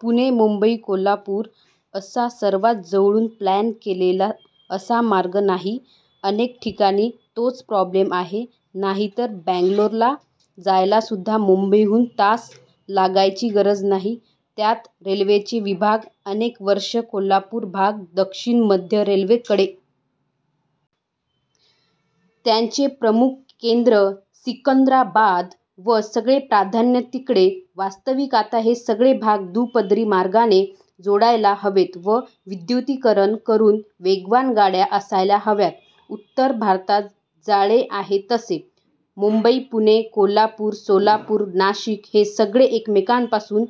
पुणे ुंबई-कोल्हापूर असा सर्वात जवळून प्लॅन केलेला असा मार्ग नाही. अनेक ठिकाणी तोच प्रॉब्लेम आहे. नाहीतर बंगलोर ला जायला सुद्धा मुंबईहून तास लागायची गरज नाही. त्यात रेल्वेचे विभाग. अनेक वर्षे कोल्हापूर भाग दक्षिण-मध्य रेल्वे कडे. त्यांचे प्रमुख केन्द्र सिकंदराबाद व सगळे प्राधान्य तिकडे. वास्तविक आता हे सगळे भाग दुपदरी मार्गाने जोडायला हवेत व विद्युतीकरण करून वेगवान गाड्या असायला हव्यात उत्तर भारतात जाळे आहे तसे. मुंबई-पुणे-कोल्हापूर-सोलापूर-नाशिक हे सगळे एकमेकांपासून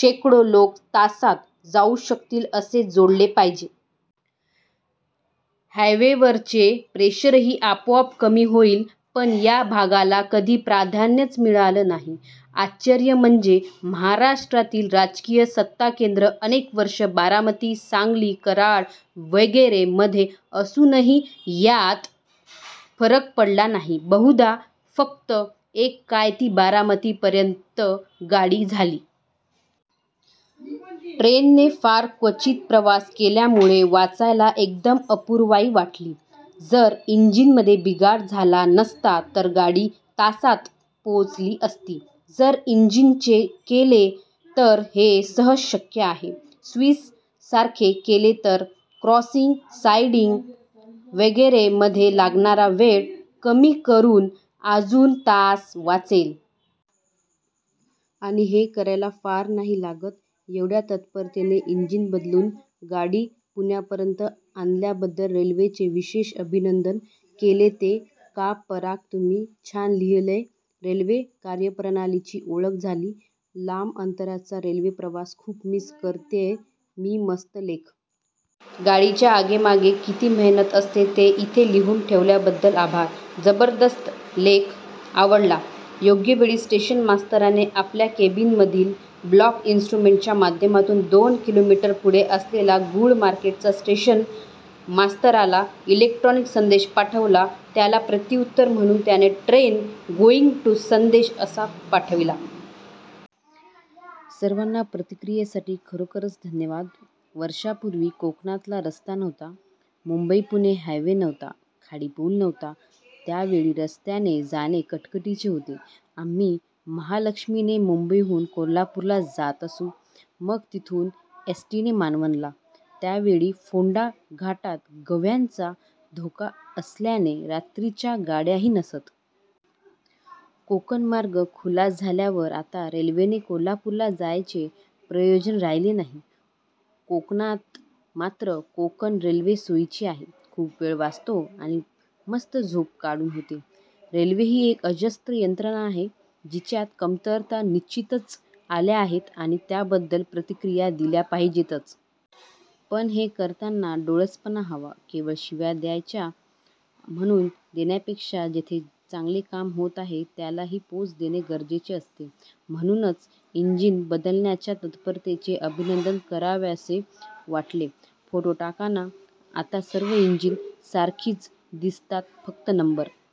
शेकडो लोक तासांत जाउ शकतील असे जोडले पाहिजे. हायवेवरचे प्रेशरही आपोआप कमी होईल. पण या भागाला कधी प्राधान्यच मिळत नाही. आश्चर्य म्हणजे महाराष्ट्रातील राजकीय सत्ताकेन्द्र अनेक वर्षे बारामती, सांगली, कराड वगैरे मधे असूनही यात फरक पडला नाही. बहुधा फक्त एक काय ती बारामतीपर्यंत गाडी झाली. ट्रेनने फार क्वचित प्रवास केल्यामुळे वाचायला एकदम अपूर्वाई वाटली. जर ईजिन मध्ये बिघाड झाला नसता तर गाडी तासात पोहोचली असती. जर ईजिन चे केले तर हे सहज शक्य आहे. स्विस सारखे केले तर क्रोसिंग, साईडिग वगैरे मध्ये लागणारा वेळ कमी करुन आजुन तास वाचेल. आणि हे करायला फार नाही लागत. एवढ्या तत्परतेने इंजिन बदलून गाडी पुण्यापर्यंत आणल्याबद्दल रेल्वेचे विषेश अभिनंदन केलेते का पराग तुम्ही.. छान लिहलय! रेल्वे कार्यप्रणालीची ओळख झाली. लांब अंतराचा रेल्वे-प्रवास खूप मिस करतेय मीमस्त लेख. गाडीच्या आगेमागे किती मेहनत असते ते इथे लिहुन ठेवल्याबद्दल आभार. जबरदस्त लेख, आवडला. योग्यवेळी स्टेशन मास्तरने आपल्या केबीनमधील ब्लॉक इस्ट्रुमेंटच्या माध्यमातून दोन किलोमीटर पुढे असलेल्या गूळ मार्केटच्या स्टेशन मास्तरला इलेक्ट्रॉनिक संदेश पाठविला, त्याला प्रत्युत्तर म्हणून त्याने ट्रेन गोईंग टू संदेश पाठविला. सर्वांना प्रतिक्रियांसाठी खरोखरच धन्यवाद. वर्षांपुर्वी कोकणातला रस्ता नव्हता. मुंबई पुणे हायवे नव्हता, खाडी पूल नव्हता. त्यावेळी रस्त्याने जाणे कटकटीचे होते. आम्ही महालक्ष्मीने मुंबईहून कोल्हापूरला जात असू. मग तिथून एस टी ने मालवणला. त्यावेळी फोंडा घाटात गव्यांचा धोका असल्याने रात्रीच्या गाड्याही नसत. कोकणमार्ग खुला झाल्यावर आता रेल्वेने कोल्हापूरला जायचे प्रयोजन राहिले नाही. कोकणात मात्र कोकण रेल्वे सोयीची आहे. खुप वेळ वाचतो आणि मस्त झोप काढून होते. रेल्वे ही एक अजस्त्र यंत्रणा आहे. तिच्यात कमतरता निश्चितच आल्या आहेत आणि त्याबद्दल प्रतिक्रिया दिल्या पाहिजेतच. पण हे करताना डोळसपणा हवा. केवळ शिव्या द्यायच्या म्हणून देण्यापेक्षा जेथे चांगले काम होते आहे, त्यालाही पोच देणे गरजेचे असते. म्हणूनच इंजिन बदलण्याच्या तत्परतेचे अभिनंदन करावेसे वाटले. फोटो टाका ना! आता सर्व एंजिनं सारखीच दिसतात फक्त नंबर